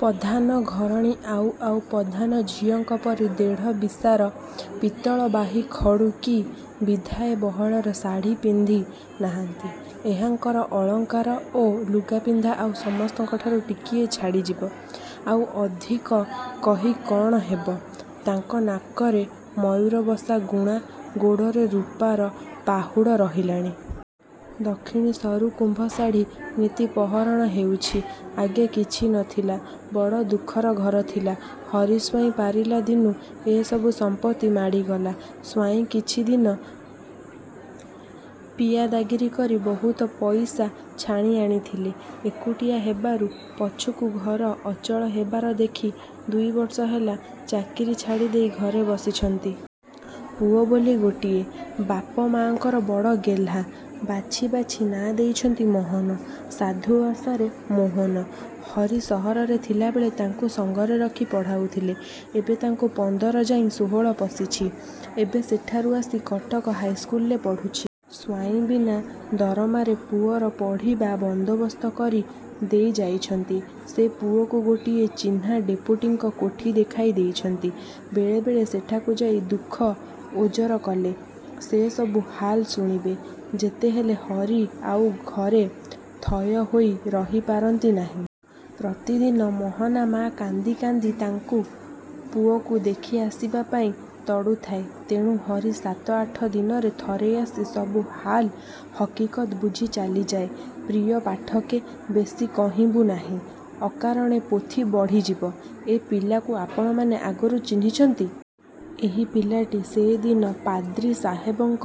ପଧାନ ଘରଣୀ ଆଉ ଆଉ ପଧାନ ଝିଅଙ୍କ ପରି ଦେଢ଼ ବିଶାର ପିତଳ ବାହି ଖଡୁ କି ବିଧାଏ ବହଳର ଶାଢ଼ୀପିନ୍ଧି ନାହାନ୍ତି। ଏହାଙ୍କର ଅଳଙ୍କାର ଓ ଲୁଗାପିନ୍ଧା ଆଉ ସମସ୍ତଙ୍କଠାରୁ ଟିକିଏ ଛାଡ଼ିଯିବ। ଆଉ ଅଧିକ କହି କଣ ହେବ ତାଙ୍କ ନାକରେ ମୟୂରବସା ଗୁଣା, ଗୋଡ଼ରେ ରୁପାର ପାହୁଡ଼ ରହିଲାଣି। ଦକ୍ଷିଣୀ ସରୁ କୁମ୍ଭ ଶାଢ଼ୀ ନିତି ପହରଣ ହେଉଛି। ଆଗେ କିଛି ନଥିଲା ବଡ଼ ଦୁଃଖର ଘର ଥିଲା। ହରି ସ୍ୱାଇଁ ପାରିଲା ଦିନୁଁ ଏ ସବୁ ସମ୍ପତ୍ତି ମାଡ଼ିଗଲା। ସ୍ୱାଇଁ କିଛିଦିନ ପିଆଦାଗିରି କରି ବହୁତ ପଇସା ଛାଣିଆଣିଥିଲେ। ଏକୁଟିଆ ହେବାରୁ ପଛକୁ ଘର ଅଚଳ ହେବାର ଦେଖି ଦୁଇ ବର୍ଷ ହେଲା ଚାକିରି ଛାଡ଼ିଦେଇ ଘରେ ବସିଛନ୍ତି। ପୁଅ ବୋଲି ଗୋଟିଏ। ବାପ ମା'ଙ୍କର ବଡ଼ ଗେହ୍ଲା ବାଛି ବାଛି ନାଁ ଦେଇଛନ୍ତି 'ମହନ', ସାଧୁଭାଷାରେ ମୋହନ। ହରି ସହରରେ ଥିଲାବେଳେ ତାଙ୍କୁ ସଙ୍ଗରେ ରଖି ପଢ଼ାଉଥିଲେ। ଏବେ ତାଙ୍କୁ ପନ୍ଦର ଯାଇଁ ଷୋଳ ପଶିଛି। ଏବେ ସେଠାରୁ ଆସି କଟକ ହାଇ ସ୍କୁଲରେ ପଢ଼ୁଛି। ସ୍ୱାଇଁ ବିନା ଦରମାରେ ପୁଅର ପଢ଼ିବା ବନ୍ଦୋବସ୍ତ କରି ଦେଇ ଯାଇଛନ୍ତି। ସେ ପୁଅକୁ ଗୋଟିଏ ଚିହ୍ନା ଡେପୁଟୀଙ୍କ କୋଠି ଦେଖାଇ ଦେଇଛନ୍ତି। ବେଳେ ବେଳେ ସେଠାକୁ ଯାଇ ଦୁଃଖ ଓଜର କଲେ, ସେ ସବୁ ହାଲ ଶୁଣିବେ। ଯେତେହେଲେ ହରି ଆଉ ଘରେ ଥୟ ହୋଇ ରହି ପାରନ୍ତି ନାହିଁ। ପ୍ରତିଦିନ ମହନା ମା କାନ୍ଦି କାନ୍ଦି ତାଙ୍କୁ ପୁଅକୁ ଦେଖିଆସିବାପାଇଁ ତଡ଼ୁଥାଏ। ତେଣୁ ହରି ସାତ ଆଠ ଦିନରେ ଥରେ ଆସି ସବୁ ହାଲ ହକିକତ ବୁଝି ଚାଲିଯାଏ। ପ୍ରିୟ ପାଠକେ! ବେଶି କହିବୁଁ ନାହିଁ। ଅକାରଣେ ପୋଥି ବଢ଼ିଯିବ। ଏ ପିଲାକୁ ଆପଣମାନେ ଆଗରୁ ଚିହ୍ନିଛନ୍ତି। ଏହି ପିଲାଟି ସେଦିନ ପାଦ୍ରୀ ସାହେବଙ୍କ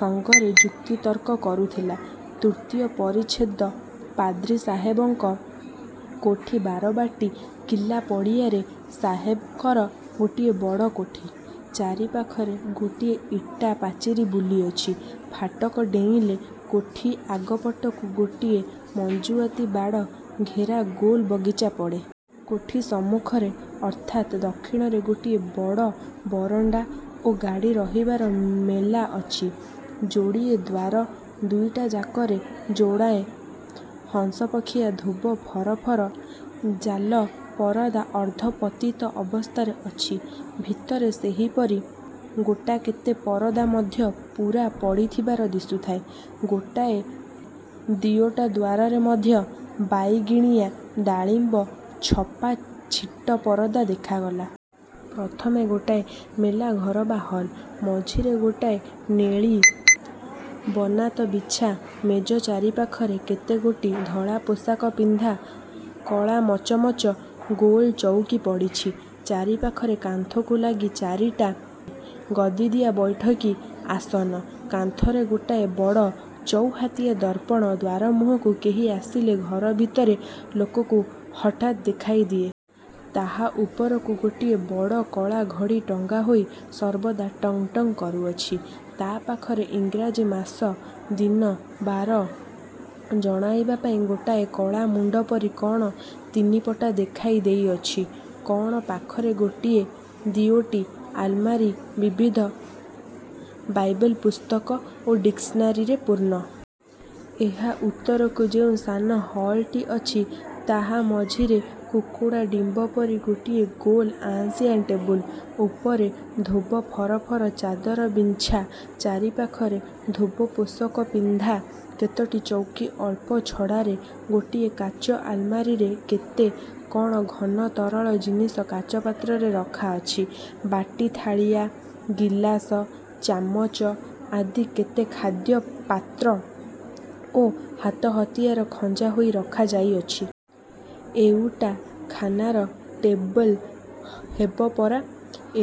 ସଙ୍ଗରେ ଯୁକ୍ତିତର୍କ କରୁଥିଲା। ତୃତୀୟ ପରିଚ୍ଛେଦ ପାଦ୍ରି ସାହେବଙ୍କ କୋଠି ବାରବାଟୀ କିଲ୍ଲା ପଡ଼ିଆରେ ସାହେବଙ୍କର ଗୋଟିଏ ବଡ଼ କୋଠି। ଚାରି ପାଖରେ ଗୋଟିଏ ଇଟା ପାଚିରି ବୁଲିଅଛି। ଫାଟକ ଡେଇଁଲେ କୋଠି ଆଗ ପଟକୁ ଗୋଟିଏ ମଞ୍ଜୁଆତି ବାଡ଼ ଘେରା ଗୋଲ ବଗିଚା ପଡ଼େ। କୋଠି ସମ୍ମୁଖରେ ଅର୍ଥାତ୍ ଦକ୍ଷିଣରେ ଗୋଟିଏ ବଡ଼ ବରଣ୍ତା ଓ ଗାଡ଼ୀ ରହିବାର ମେଲା ଅଛି। ଯୋଡ଼ିଏ ଦ୍ୱାର ଦୁଇଟାଯାକରେ ଯୋଡ଼ାଏ ହଂସପକ୍ଷିଆ ଧୋବ ଫରଫର ଜାଲ ପରଦା ଅର୍ଦ୍ଧପତିତ ଅବସ୍ଥାରେ ଅଛି। ଭିତରେ ସେହିପରି ଗୋଟାକେତେ ପରଦା ମଧ୍ୟ ପୂରା ପଡ଼ିଥିବାର ଦିଶୁଥାଏ। ଗୋଟାଏ ଦିଓଟା ଦ୍ୱାରରେ ମଧ୍ୟ ବାଇଗିଣିଆ ଡାଳିମ୍ବ ଛପା ଛିଟ ପରଦା ଦେଖାଗଲା। ପ୍ରଥମେ ଗୋଟିଏ ମେଲା ଘର ବା ହଲ୍। ମଝିରେ ଗୋଟାଏ ନେଳି ବନାତ ବିଛା ମେଜ ଚାରିପାଖରେ କେତେଗୋଟି ଧଳାପୋଷାକ ପିନ୍ଧା କଳାମଚମଚ ଗୋଲ ଚଉକି ପଡ଼ିଛି। ଚାରିପାଖରେ କାନ୍ଥକୁ ଲାଗି ଚାରିଟା ଗଦିଦିଆ ବୈଠକୀ ଆସନ। କାନ୍ଥରେ ଗୋଟାଏ ବଡ଼ ଚୌହାତିଆ ଦର୍ପଣ ଦ୍ୱାରମୁହଁକୁ କେହି ଆସିଲେ ଘର ଭିତରେ ଲୋକକୁ ହଠାତ୍ ଦେଖାଇ ଦିଏ। ତାହା ଉପରକୁ ଗୋଟିଏ ବଡ଼ କଳା ଘଡ଼ି ଟଙ୍ଗା ହୋଇ ସର୍ବଦା ଟଙ୍ଗ୍ ଟଙ୍ଗ୍ କରୁଅଛି। ତା ପାଖରେ ଇଂରାଜୀ ମାସ, ଦିନ, ବାର ଜଣାଇବାପାଇଁ ଗୋଟାଏ କଳା ମୁଣ୍ତ ପରି କଣ ତିନିପଟା ଦେଖାଇ ଦେଇଅଛି! କଣ ପାଖରେ ଗୋଟିଏ ଦିଓଟି ଆଲମାରୀ ବିବିଧ ବାଇବେଲ୍ ପୁସ୍ତକ ଓ ଡିକ୍ସନାରୀରେ ପୂର୍ଣ୍ଣ। ଏହା ଉତ୍ତରକୁ ଯେଉଁ ସାନ ହଲଟି ଅଛି, ତାହା ମଝିରେ କୁକୁଡ଼ା ଡିମ୍ବ ପରି ଗୋଟିଏ ଗୋଲ ଆଁସିଆ ଟେବୁଲ। ଉପରେ ଧୋବ ଫରଫର ଚାଦର ବିଞ୍ଛା ଚାରିପାଖରେ ଧୋବ ପୋଷାକପିନ୍ଧା କେତୋଟି ଚୌକି ଅଳ୍ପ ଛଡ଼ାରେ ଗୋଟିଏ କାଚ ଆଲମାରୀରେ କେତେ କଣ ଘନ ତରଳ ଜିନିଷ କାଚପାତ୍ରରେ ରଖା ଅଛି ବାଟି, ଥାଳିଆ, ଗିଲାସ, ଚାମଚ ଆଦି କେତେ ଖାଦ୍ୟପାତ୍ର ଓ ହାତହତିଆର ଖଞ୍ଜା ହୋଇ ରଖା ଯାଇଅଛି। ଏଉଟା ଖାନାର ଟେବଲ ହେବ ପରା!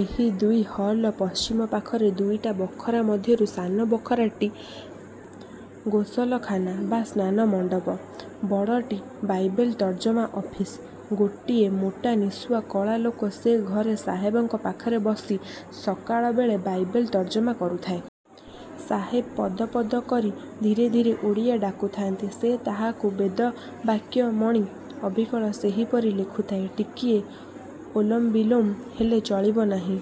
ଏହି ଦୁଇ ହଲର ପଶ୍ଚିମ ପାଖର ଦୁଇଟା ବଖରା ମଧ୍ୟରୁ ସାନ ବଖରାଟି ଗୋସଲଖାନା ବା ସ୍ନାନମଣ୍ତପ। ବଡ଼ଟି ବାଇବେଲ୍ ତର୍ଜମା ଅଫିସ। ଗୋଟିଏ ମୋଟାନିଶୁଆ କଳା ଲୋକ ସେ ଘରେ ସାହେବଙ୍କ ପାଖରେ ବସି ସକାଳବେଳେ ବାଇବେଲ୍ ତର୍ଜମା କରୁଥାଏ। ସାହେବ ପଦ ପଦ କରି ଧୀରେ ଧୀରେ ଓଡ଼ିଆ ଡାକୁଥାନ୍ତି -ସେ ତାହାକୁ ବେଦବାକ୍ୟ ମଣି ଅବିକଳ ସେହିପରି ଲେଖୁଥାଏ। ଟିକିଏ ଓଲୋମ ବିଲୋମ ହେଲେ ଚଳିବ ନାହିଁ।